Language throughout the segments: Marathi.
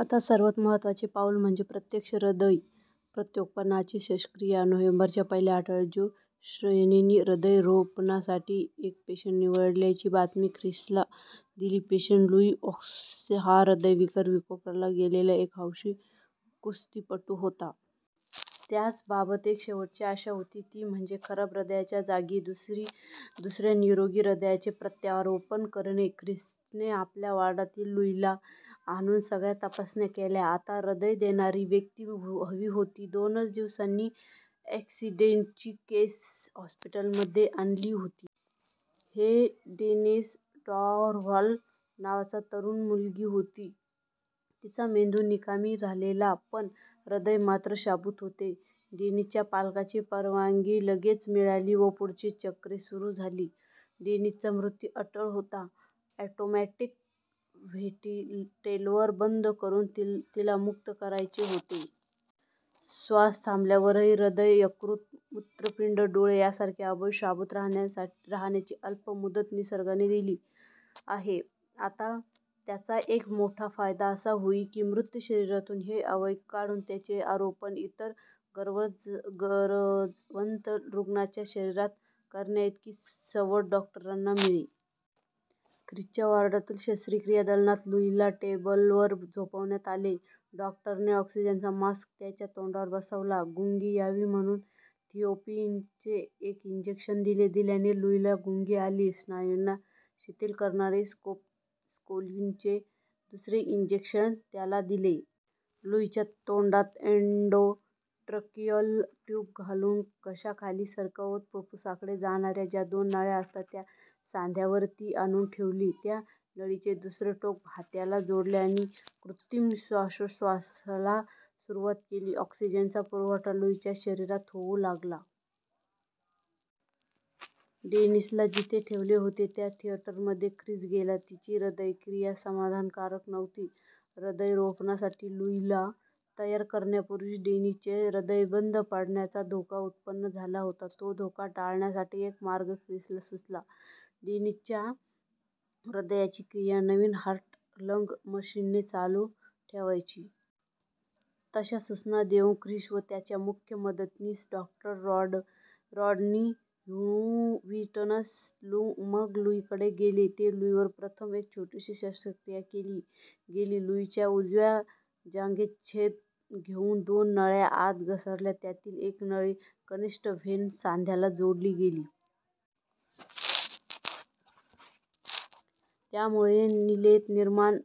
आता सर्वात महत्त्वाचे पाऊल म्हणजे प्रत्यक्ष हृदय प्रत्यारोपणाची शस्त्रक्रिया. नोव्हेंबरच्या पहिल्या आठवड्यात प्रो. श्रायरनी हृदय रोपणासाठी एक पेशंट निवडल्याची बातमी ख्रिसला दिली. पेशंट लुई वॉश्कान्स्की हा हृदयविकार विकोपाला गेलेला एक हौशी कुस्तीपटू होता. त्याच्याबाबत एकच शेवटची आशा होती, ती म्हणजे खराब हृदयाच्या जागी दुसऱ्या निरोगी हृदयाचे प्रत्यारोपण करणे. ख्रिसने आपल्या वॉर्डात लुईला आणून सगळ्या तपासण्या केल्या. आता हृदय देणारी व्यक्ती हवी होती. दोनच दिवसांनी अॅक्सिडेंटची एक केस हॉस्पिटलमध्ये आली. ही डेनिस डॉर्व्हाल नावाची तरुण मुलगी होती, तिचा मेंदू निकामी झालेला, पण हृदय मात्र शाबूत होते. डेनिसच्या पालकांची परवानगी लगेच मिळाली व पुढची चक्रे सुरू झाली. डेनिसचा मृत्यू अटळ होता. ऑटोमॅटिक व्हेंटिलेटर बंद करून तिला मुक्त करायचे होते. श्वास थांबल्यावरही हृदय, यकृत, मूत्रपिंड, डोळे यांसारखे अवयव शाबूत राहण्याची अल्प मुदत निसर्गाने दिली आहे. त्याचा एक मोठा फायदा असा होई की, मृत शरीरातून हे अवयव काढून त्यांचे आरोपण इतर गरजवंत रुग्णांच्या शरीरात करण्याइतकी सवड डॉक्टरांना मिळे. ख्रिसच्या वॉर्डातील शस्त्रक्रिया दालनात लुईला टेबलवर झोपवण्यात आले. डॉक्टरने ऑक्सिजनचा मास्क त्याच्या तोंडावर बसवला. गुंगी यावी म्हणून थिओपेंटिनचे एक इंजेक्शन दिले. दिल्याने लुईला गुंगी आली. स्नायूंना शिथिल करणारे स्कोलिनचे दुसरे इंजेक्शनही त्याला दिले. लुईच्या तोंडात एन्डोट्रॅकिअल ट्यूब घालून घशाखाली सरकवत फुप्फुसाकडे जाणाऱ्या ज्या दोन नळ्या असतात, त्याच्या सांध्यावर ती आणून ठेवली. या नळीचे दुसरे टोक भात्याला जोडले आणि कृत्रिम श्वासोच्छ्वासाला सुरुवात केली. ऑक्सिजनचा पुरवठा लुईच्या शरीराला होऊ लागला. डेनिसला जिथे ठेवले होते, त्या थिएटरमध्ये ख्रिस गेला. तिची हृदयक्रिया समाधानकारक नव्हती. हृदयरोपणासाठी लुईला तयार करण्यापूर्वीच डेनिसचे हृदय बंद पडण्याचा धोका उत्पन्न झाला होता. तो धोका टाळण्यासाठी एक मार्ग ख्रिसला सुचला. डेनिसच्या हृदयाची क्रिया नवीन हार्ट लंग मशीनने चालू ठेवायची. तशा सूचना देऊन ख्रिस व त्याचा मुख्य मदतनीस डॉ. रॉडनी ह्युविटसन मग लुईकडे गेले. तेथे लुईवर प्रथम एक छोटीशी शस्त्रक्रिया केली गेली. लुईच्या उजव्या जांघेत छेद घेऊन दोन नळ्या आत सरकवल्या. त्यातील एक नळी, कनिष्ठ व्हेन सांध्याला जोडली गेली. त्यामुळे नीलेत निर्माण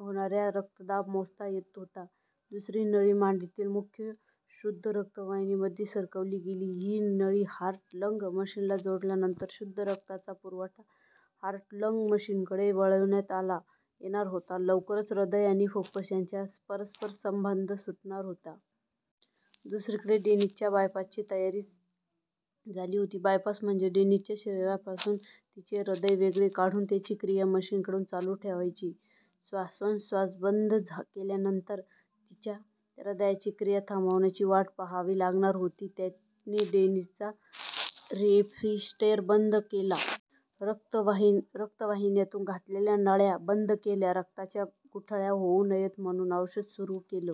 होणारा रक्तदाब मोजता येत होता. दुसरी नळी मांडीतील मुख्य शुद्ध रक्तवाहिनीमध्ये सरकवली गेली. ही नळी हार्ट लंग मशिनला जोडल्यानंतर शुद्ध रक्ताचा पुरवठा हार्ट लंग मशीनकडे वळविता येणार होता. लवकरच हृदय आणि फुप्फुस यांचा परस्परसंबंध सुटणार होता. दुसरीकडे डेनिसच्या बायपासची तयारी झाली होती. बायपास म्हणजे डेनिसच्या शरीरापासून तिचे हृदय वेगळं काढून त्याची क्रिया मशीनकडून चालू ठेवायची. श्वासोच्छ्वास बंद केल्यानंतर तिच्या हृदयाची क्रिया थांबण्याची वाट पाहावी लागणार होती. त्याने डेनिसचा रेस्पिरेटर बंद केला. रक्तवाहिन्यांतून घातलेल्या नळ्या बंद केल्या. रक्ताच्या गुठळ्या होऊ नयेत म्हणून औषध सुरू केलं.